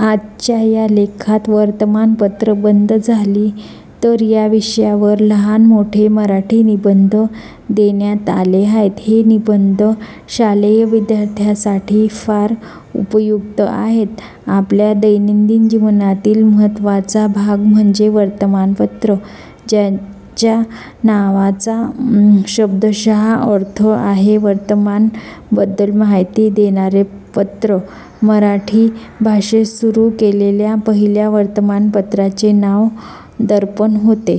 आजच्या या लेखात वर्तमान पत्र बंद झाली तर या विषयावर लहान व मोठे मराठी निबंध देण्यात आले आहेत. हे निबंध शालेय विद्यार्थ्यांसाठी फार उपयुक्त आहेत. आपल्या दैनंदिन जीवनातील महत्वाचा भाग म्हणजे वर्तमानपत्र. ज्याच्या नावाचा शब्दशः अर्थ आहे वर्तमान बद्दल माहिती देणार पत्र, मराठी भाषेत सुरू केलेल्या पहिल्या वर्तमान पत्राचे नाव दर्पण होते.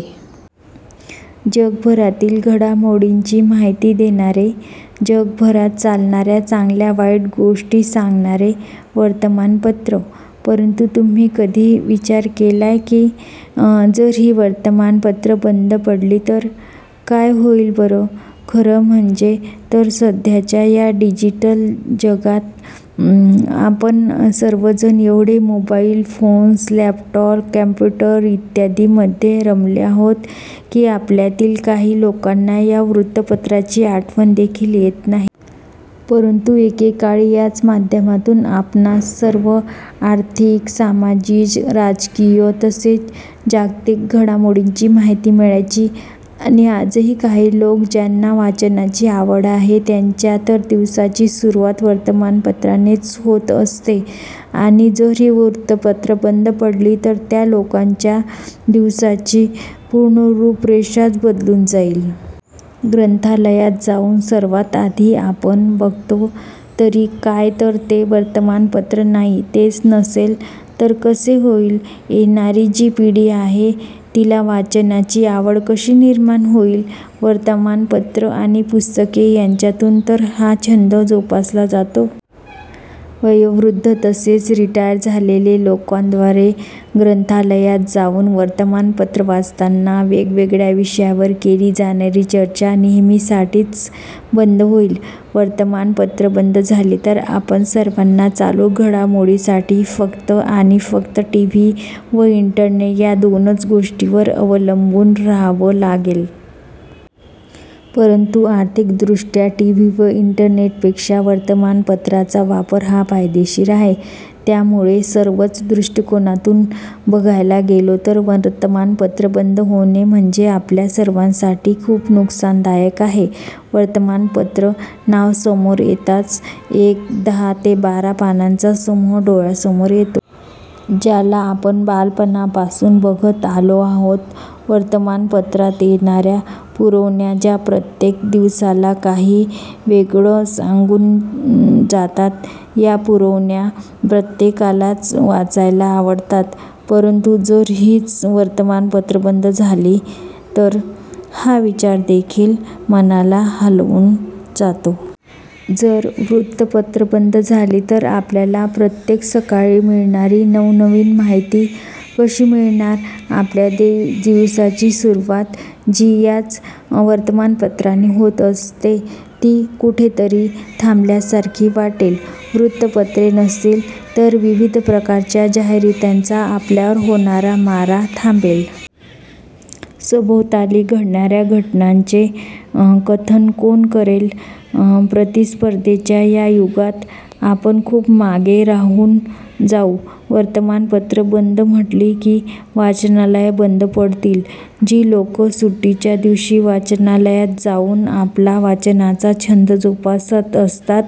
जगभरातील घडामोडींची माहिती देणारे, जगभरात चालणाऱ्या चांगल्या वाईट गोष्टीं सांगणारे वर्तमानपत्र..! परंतु तुम्ही कधी विचार केलाय कि, जर ही वर्तमानपत्र बंद पडली तर...? काय होईल बर... खर म्हणजे तर सध्याचा या डिजिटल जगात आपण सर्वजण एवढे मोबाईल फोन्स, लॅपटॉप, कॉम्प्युटर इत्यादि मध्ये रमले आहोत की आपल्यातील काही लोकांना त्या वृत्तपत्राची आठवण देखील येत नाही. परंतु एकेकाळी याच माध्यमातून आपणास सर्व आर्थिक, सामाजिक, राजकीय तसेच जागतिक घडामोडींची माहिती मिळायची. आणि आजही काही लोक ज्यांना वाचनाची आवड आहे त्यांच्या तर दिवसाची सुरुवात वर्तमानपत्रानेच होत असते. आणि जर ही वृतपत्रच बंद पडली तर त्या लोकांच्या दिवसाची पूर्ण रूप रेखाच बदलून जाईल..... ग्रंथालयात जाऊन सर्वात आधी आपण बघतो तरी काय तर ते वर्तमानपत्र आणि तेच नसेल तर कसे होईल? येणारी जी पिढी आहे तिला वाचनाची आवड कशी निर्माण होईल..! वर्तमानपत्र आणि पुस्तके याच्यातून तर हा छंद जोपासला जातो. वयोवृद्ध तसेच रिटायर झालेले लोकांद्वारे ग्रंथालयात जाऊन वर्तमानपत्र वाचतांना वेगवेगळ्या विषयावर केली जाणारी चर्चा नेहमीसाठीच बंद होईल. वर्तमानपत्र बंद झाली तर आपण सर्वांना चालू घडामोडी साठी फक्त आणि फक्त टीव्ही व इंटरनेट या दोनच गोष्टींवर अवलंबून राहावं लागेल. परंतु आर्थिकदृष्ट्या टीव्ही व इंटरनेटपेक्षा वर्तमानपत्राचा वापर हा फायदेशीर आहे. त्यामुळे सर्वच दृष्टिकोनातून बघायला गेले तर वर्तमानपत्र बंद होणे म्हणजे आपल्या सर्वांसाठी खूप नुकसानदायक आहे वर्तमान पत्र नाव समोर येताच एक दहा ते बारा पानांचा समूह डोळ्यासमोर येतो. ज्याला आपण बालपणापासून बघत आलो आहोत. वर्तमान पत्रात येणाऱ्या पुरवण्या ज्या प्रत्येक दिवसाला काही वेगळ सांगून जातात, या पुरवण्या प्रत्येकालाच वाचायला आवडतात. परंतु जर हीच वर्तमान पत्र बंद झाली तर..... हा विचार देखील मनाला हलवून जातो. जर वृत्तपत्र बंद झाली तर आपल्याला प्रत्येक सकाळी मिळणारी नवनवीन माहिती कशी मिळणार? आपल्या दिवसाची सुरुवात जी याच वर्तमानपत्राने होत असते ती कुठेतरी थांबल्यासारखी वाटेल. वृत्तपत्रे नसतील तर विविध प्रकारच्या जाहिरातींचा आपल्यावर होणारा मारा थांबेल. सभोवताली घडणाऱ्या घटनांचे कथन कोण करेल? प्रतिस्पर्धेच्या या युगात आपण खूप मागे राहून जाऊ. वर्तमान पत्र बंद म्हटली की वाचनालय बंद पडतील जी लोकं सुट्टीच्या दिवशी वाचनालयात जाऊन आपला वाचनाचा छंद जोपासत असतात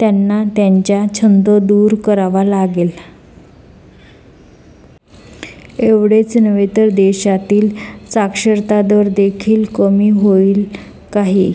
त्यांना त्यांच्या छंद दूर करावा लागेल. एवढेच नव्हे तर देशातील साक्षरता दर देखील कमी होईल. काही